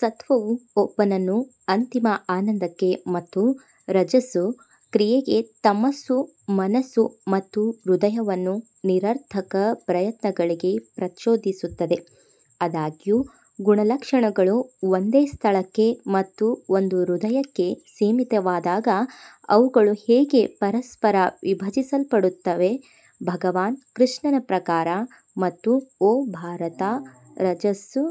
ಸತ್ವವು ಒಬ್ಬನನ್ನು ಅಂತಿಮ ಆನಂದಕ್ಕೆ ಮತ್ತು ರಜಸ್ಸು ಕ್ರಿಯೆಗೆ ತಮಸ್ಸು ಮನಸ್ಸು ಮತ್ತು ಹೃದಯವನ್ನು ನಿರರ್ಥಕ ಪ್ರಯತ್ನಗಳಿಗೆ ಪ್ರಚೋದಿಸುತ್ತದೆ. ಆದಾಗ್ಯೂ ಗುಣಲಕ್ಷಣಗಳು ಒಂದೇ ಸ್ಥಳಕ್ಕೆ ಮತ್ತು ಒಂದು ಹೃದಯಕ್ಕೆ ಸೀಮಿತವಾದಾಗ ಅವುಗಳು ಹೇಗೆ ಪರಸ್ಪರ ವಿಭಜಿಸಲ್ಪಡುತ್ತವೆ ಭಗವಾನ್ ಕೃಷ್ಣನ ಪ್ರಕಾರ ಮತ್ತು ಓ ಭಾರತಾ, ರಜಸ್ಸು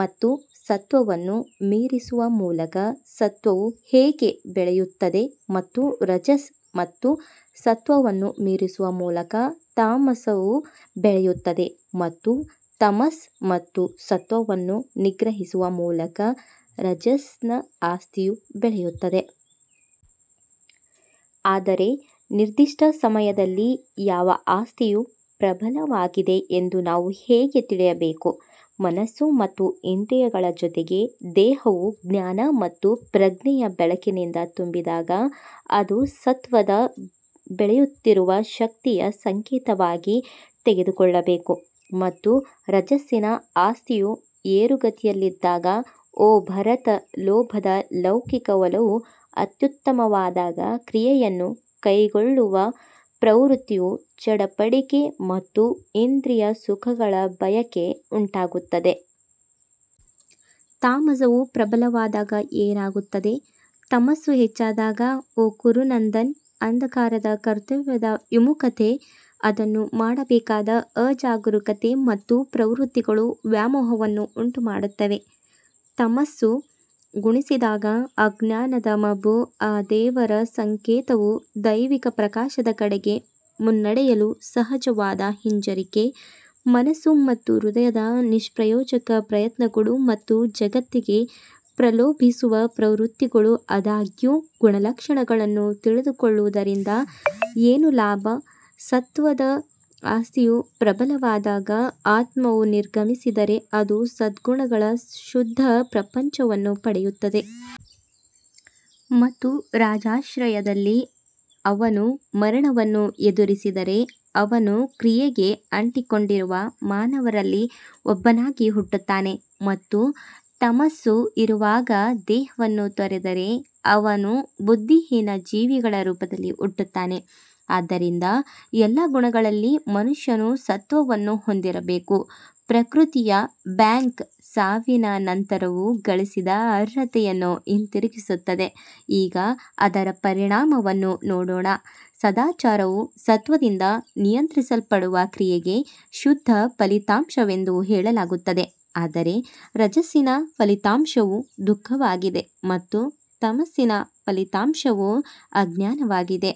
ಮತ್ತು ಸತ್ವವನ್ನು ಮೀರಿಸುವ ಮೂಲಕ ಸತ್ವವು ಹೇಗೆ ಬೆಳೆಯುತ್ತದೆ ಮತ್ತು ರಜಸ್ ಮತ್ತು ಸತ್ವವನ್ನು ಮೀರಿಸುವ ಮೂಲಕ ತಾಮಸವು ಬೆಳೆಯುತ್ತದೆ ಮತ್ತು ತಮಸ್ ಮತ್ತು ಸತ್ವವನ್ನು ನಿಗ್ರಹಿಸುವ ಮೂಲಕ ರಜಸ್ನ ಆಸ್ತಿಯು ಬೆಳೆಯುತ್ತದೆ. ಆದರೆ ನಿರ್ದಿಷ್ಟ ಸಮಯದಲ್ಲಿ ಯಾವ ಆಸ್ತಿಯು ಪ್ರಬಲವಾಗಿದೆ ಎಂದು ನಾವು ಹೇಗೆ ತಿಳಿಯಬೇಕು ಮನಸ್ಸು ಮತ್ತು ಇಂದ್ರಿಯಗಳ ಜೊತೆಗೆ ದೇಹವು ಜ್ಞಾನ ಮತ್ತು ಪ್ರಜ್ಞೆಯ ಬೆಳಕಿನಿಂದ ತುಂಬಿದಾಗ ಅದು ಸತ್ವದ ಬೆಳೆಯುತ್ತಿರುವ ಶಕ್ತಿಯ ಸಂಕೇತವಾಗಿ ತೆಗೆದುಕೊಳ್ಳಬೇಕು. ಮತ್ತು ರಜಸ್ಸಿನ ಆಸ್ತಿಯು ಏರುಗತಿಯಲ್ಲಿದ್ದಾಗ ಓ ಭರತ ಲೋಭದ ಲೌಕಿಕ ಒಲವು ಅತ್ಯುತ್ತಮವಾದಾಗ ಕ್ರಿಯೆಯನ್ನು ಕೈಗೊಳ್ಳುವ ಪ್ರವೃತ್ತಿಯು ಚಡಪಡಿಕೆ ಮತ್ತು ಇಂದ್ರಿಯ ಸುಖಗಳ ಬಯಕೆ ಉಂಟಾಗುತ್ತದೆ. ತಾಮಸವು ಪ್ರಬಲವಾದಾಗ ಏನಾಗುತ್ತದೆ ತಮಸ್ಸು ಹೆಚ್ಚಾದಾಗ ಓ ಕುರುನಂದನ್ ಅಂಧಕಾರದ ಕರ್ತವ್ಯದ ವಿಮುಖತೆ, ಅದನ್ನು ಮಾಡಬೇಕಾದ ಅಜಾಗರೂಕತೆ ಮತ್ತು ಪ್ರವೃತ್ತಿಗಳು ವ್ಯಾಮೋಹವನ್ನು ಉಂಟುಮಾಡುತ್ತವೆ. ತಮಸ್ಸು ಗುಣಿಸಿದಾಗ ಅಜ್ಞಾನದ ಮಬ್ಬು ಅ ದೇವರ ಸಂಕೇತವು ದೈವಿಕ ಪ್ರಕಾಶದ ಕಡೆಗೆ ಮುನ್ನಡೆಯಲು ಸಹಜವಾದ ಹಿಂಜರಿಕೆ, ಮನಸ್ಸು ಮತ್ತು ಹೃದಯದ ನಿಷ್ಪ್ರಯೋಜಕ ಪ್ರಯತ್ನಗಳು ಮತ್ತು ಜಗತ್ತಿಗೆ ಪ್ರಲೋಭಿಸುವ ಪ್ರವೃತ್ತಿಗಳು ಆದಾಗ್ಯೂ ಗುಣಲಕ್ಷಣಗಳನ್ನು ತಿಳಿದುಕೊಳ್ಳುವುದರಿಂದ ಏನು ಲಾಭ ಸತ್ತ್ವದ ಆಸ್ತಿಯು ಪ್ರಬಲವಾದಾಗ ಆತ್ಮವು ನಿರ್ಗಮಿಸಿದರೆ ಅದು ಸದ್ಗುಣಗಳ ಶುದ್ಧ ಪ್ರಪಂಚವನ್ನು ಪಡೆಯುತ್ತದೆ. ಮತ್ತು ರಾಜಾಶ್ರಯದಲ್ಲಿ ಅವನು ಮರಣವನ್ನು ಎದುರಿಸಿದರೆ ಅವನು ಕ್ರಿಯೆಗೆ ಅಂಟಿಕೊಂಡಿರುವ ಮಾನವರಲ್ಲಿ ಒಬ್ಬನಾಗಿ ಹುಟ್ಟುತ್ತಾನೆ ಮತ್ತು ತಮಸ್ಸು ಇರುವಾಗ ದೇಹವನ್ನು ತೊರೆದರೆ ಅವನು ಬುದ್ಧಿಹೀನ ಜೀವಿಗಳ ರೂಪದಲ್ಲಿ ಹುಟ್ಟುತ್ತಾನೆ. ಆದ್ದರಿಂದ ಎಲ್ಲಾ ಗುಣಗಳಲ್ಲಿ ಮನುಷ್ಯನು ಸತ್ವವನ್ನು ಹೊಂದಿರಬೇಕು ಪ್ರಕೃತಿಯ ಬ್ಯಾಂಕ್ ಸಾವಿನ ನಂತರವೂ ಗಳಿಸಿದ ಅರ್ಹತೆಯನ್ನು ಹಿಂದಿರುಗಿಸುತ್ತದೆ ಈಗ ಅದರ ಪರಿಣಾಮವನ್ನು ನೋಡೋಣ ಸದಾಚಾರವು ಸತ್ತ್ವದಿಂದ ನಿಯಂತ್ರಿಸಲ್ಪಡುವ ಕ್ರಿಯೆಯ ಶುದ್ಧ ಫಲಿತಾಂಶವೆಂದು ಹೇಳಲಾಗುತ್ತದೆ ಆದರೆ ರಜಸ್ಸಿನ ಫಲಿತಾಂಶವು ದುಃಖವಾಗಿದೆ ಮತ್ತು ತಮಸ್ಸಿನ ಫಲಿತಾಂಶವು ಅಜ್ಞಾನವಾಗಿದೆ.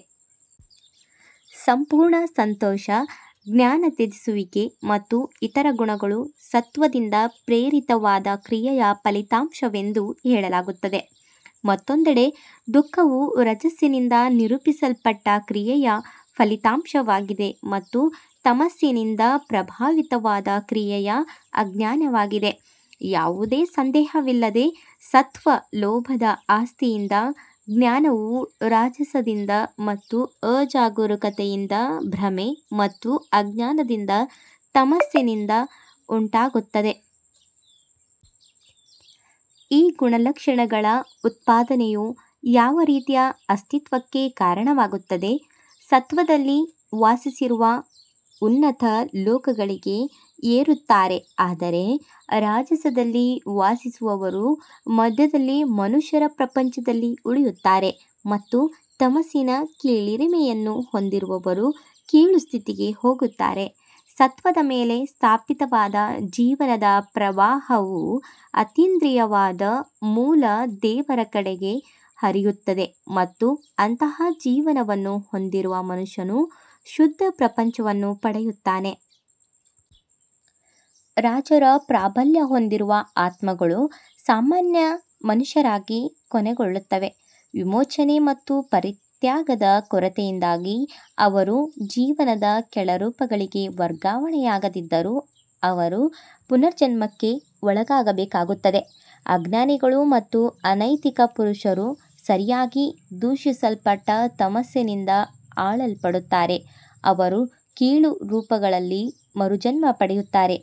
ಸಂಪೂರ್ಣ ಸಂತೋಷ ಜ್ಞಾನ ತ್ಯಜಿಸುವಿಕೆ ಮತ್ತು ಇತರ ಗುಣಗಳು ಸತ್ವದಿಂದ ಪ್ರೇರಿತವಾದ ಕ್ರಿಯೆಯ ಫಲಿತಾಂಶವೆಂದು ಹೇಳಲಾಗುತ್ತದೆ. ಮತ್ತೊಂದೆಡೆ ದುಃಖವು ರಜಸ್ಸಿನಿಂದ ನಿರೂಪಿಸಲ್ಪಟ್ಟ ಕ್ರಿಯೆಯ ಫಲಿತಾಂಶವಾಗಿದೆ ಮತ್ತು ತಮಸ್ಸಿನಿಂದ ಪ್ರಭಾವಿತವಾದ ಕ್ರಿಯೆಯ ಅಜ್ಞಾನವಾಗಿದೆ. ಯಾವುದೇ ಸಂದೇಹವಿಲ್ಲದೆ ಸತ್ತ್ವ ಲೋಭದ ಆಸ್ತಿಯಿಂದ ಜ್ಞಾನವು ರಾಜಸದಿಂದ ಮತ್ತು ಅಜಾಗರೂಕತೆಯಿಂದ ಭ್ರಮೆ ಮತ್ತು ಅಜ್ಞಾನದಿಂದ ತಮಸ್ಸಿನಿಂದ ಉಂಟಾಗುತ್ತದೆ. ಈ ಗುಣಲಕ್ಷಣಗಳ ಉತ್ಪಾದನೆಯು ಯಾವ ರೀತಿಯ ಅಸ್ತಿತ್ವಕ್ಕೆ ಕಾರಣವಾಗುತ್ತದೆ ಸತ್ತ್ವದಲ್ಲಿ ವಾಸಿಸುವವರು ಉನ್ನತ ಲೋಕಗಳಿಗೆ ಏರುತ್ತಾರೆ ಆದರೆ ರಾಜಸದಲ್ಲಿ ವಾಸಿಸುವವರು ಮಧ್ಯದಲ್ಲಿ ಮನುಷ್ಯರ ಪ್ರಪಂಚದಲ್ಲಿ ಉಳಿಯುತ್ತಾರೆ ಮತ್ತು ತಮಸ್ಸಿನ ಕೀಳರಿಮೆಯನ್ನು ಹೊಂದಿರುವವರು ಕೀಳು ಸ್ಥಿತಿಗೆ ಹೋಗುತ್ತಾರೆ. ಸತ್ವದ ಮೇಲೆ ಸ್ಥಾಪಿತವಾದ ಜೀವನದ ಪ್ರವಾಹವು ಅತೀಂದ್ರಿಯವಾದ ಮೂಲ ದೇವರ ಕಡೆಗೆ ಹರಿಯುತ್ತದೆ ಮತ್ತು ಅಂತಹ ಜೀವನವನ್ನು ಹೊಂದಿರುವ ಮನುಷ್ಯನು ಶುದ್ಧ ಪ್ರಪಂಚವನ್ನು ಪಡೆಯುತ್ತಾನೆ. ರಾಜರ ಪ್ರಾಬಲ್ಯ ಹೊಂದಿರುವ ಆತ್ಮಗಳು ಸಾಮಾನ್ಯ ಮನುಷ್ಯರಾಗಿ ಕೊನೆಗೊಳ್ಳುತ್ತವೆ ವಿವೇಚನೆ ಮತ್ತು ಪರಿತ್ಯಾಗದ ಕೊರತೆಯಿಂದಾಗಿ ಅವರು ಜೀವನದ ಕೆಳ ರೂಪಗಳಿಗೆ ವರ್ಗಾವಣೆಯಾಗದಿದ್ದರೂ ಅವರು ಪುನರ್ಜನ್ಮಕ್ಕೆ ಒಳಗಾಗಬೇಕಾಗುತ್ತದೆ ಅಜ್ಞಾನಿಗಳು ಮತ್ತು ಅನೈತಿಕ ಪುರುಷರು ಸರಿಯಾಗಿ ದೂಷಿಸಲ್ಪಟ್ಟ ತಮಸ್ಸಿನಿಂದ ಆಳಲ್ಪಡುತ್ತಾರೆ ಅವರು ಕೀಳು ರೂಪಗಳಲ್ಲಿ ಮರುಜನ್ಮ ಪಡೆಯುತ್ತಾರೆ.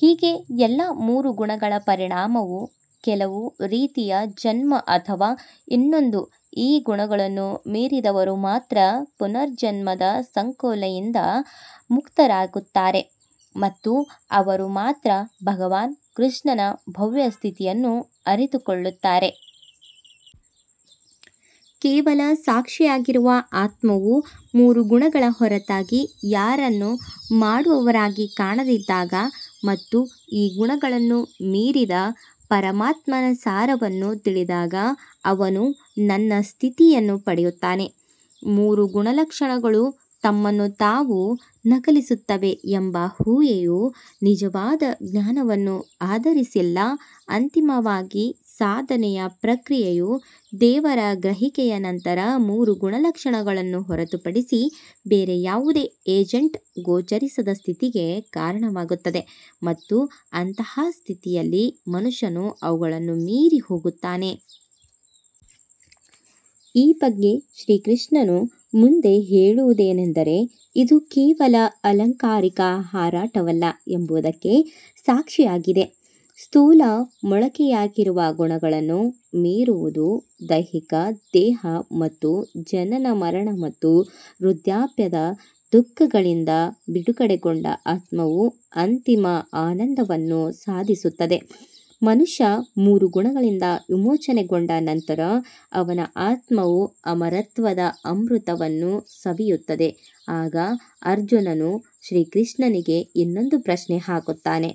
ಹೀಗೆ ಎಲ್ಲಾ ಮೂರು ಗುಣಗಳ ಪರಿಣಾಮವು ಕೆಲವು ರೀತಿಯ ಜನ್ಮ ಅಥವಾ ಇನ್ನೊಂದು ಈ ಗುಣಗಳನ್ನು ಮೀರಿದವರು ಮಾತ್ರ ಪುನರ್ಜನ್ಮದ ಸಂಕೋಲೆಯಿಂದ ಮುಕ್ತರಾಗುತ್ತಾರೆ ಮತ್ತು ಅವರು ಮಾತ್ರ ಭಗವಾನ್ ಕೃಷ್ಣನ ಭವ್ಯ ಸ್ಥಿತಿಯನ್ನು ಅರಿತುಕೊಳ್ಳುತ್ತಾರೆ. ಕೇವಲ ಸಾಕ್ಷಿಯಾಗಿರುವ ಆತ್ಮವು ಮೂರು ಗುಣಗಳ ಹೊರತಾಗಿ ಯಾರನ್ನೂ ಮಾಡುವವರಾಗಿ ಕಾಣದಿದ್ದಾಗ ಮತ್ತು ಈ ಗುಣಗಳನ್ನು ಮೀರಿದ ಪರಮಾತ್ಮನ ಸಾರವನ್ನು ತಿಳಿದಾಗ ಅವನು ನನ್ನ ಸ್ಥಿತಿಯನ್ನು ಪಡೆಯುತ್ತಾನೆ. ಮೂರು ಗುಣಲಕ್ಷಣಗಳು ತಮ್ಮನ್ನು ತಾವು ನಕಲಿಸುತ್ತವೆ ಎಂಬ ಊಹೆಯು ನಿಜವಾದ ಜ್ಞಾನವನ್ನು ಆಧರಿಸಿಲ್ಲ ಅಂತಿಮವಾಗಿ ಸಾಧನೆಯ ಪ್ರಕ್ರಿಯೆಯು ದೇವರ ಗ್ರಹಿಕೆಯ ನಂತರ ಮೂರು ಗುಣಲಕ್ಷಣಗಳನ್ನು ಹೊರತುಪಡಿಸಿ ಬೇರೆ ಯಾವುದೇ ಏಜೆಂಟ್ ಗೋಚರಿಸದ ಸ್ಥಿತಿಗೆ ಕಾರಣವಾಗುತ್ತದೆ ಮತ್ತು ಅಂತಹ ಸ್ಥಿತಿಯಲ್ಲಿ ಮನುಷ್ಯನು ಅವುಗಳನ್ನು ಮೀರಿ ಹೋಗುತ್ತಾನೆ. ಈ ಬಗ್ಗೆ ಶ್ರೀಕೃಷ್ಣನು ಮುಂದೆ ಹೇಳುವುದೇನೆಂದರೆ ಇದು ಕೇವಲ ಅಲಂಕಾರಿಕ ಹಾರಾಟವಲ್ಲ ಎಂಬುದಕ್ಕೆ ಸಾಕ್ಷಿಯಾಗಿದೆ ಸ್ಥೂಲದ ಮೊಳಕೆಯಾಗಿರುವ ಗುಣಗಳನ್ನು ಮೀರುವುದು ದೈಹಿಕ ದೇಹ ಮತ್ತು ಜನನ ಮರಣ ಮತ್ತು ವೃದ್ಧಾಪ್ಯದ ದುಃಖಗಳಿಂದ ಬಿಡುಗಡೆಗೊಂಡ ಆತ್ಮವು ಅಂತಿಮ ಆನಂದವನ್ನು ಸಾಧಿಸುತ್ತದೆ ಮನುಷ್ಯ ಮೂರು ಗುಣಗಳಿಂದ ವಿಮೋಚನೆಗೊಂಡ ನಂತರ ಅವನ ಆತ್ಮವು ಅಮರತ್ವದ ಅಮೃತವನ್ನು ಸವಿಯುತ್ತದೆ ಆಗ ಅರ್ಜುನನು ಶ್ರೀಕೃಷ್ಣನಿಗೆ ಇನ್ನೊಂದು ಪ್ರಶ್ನೆಯನ್ನು ಹಾಕುತ್ತಾನೆ.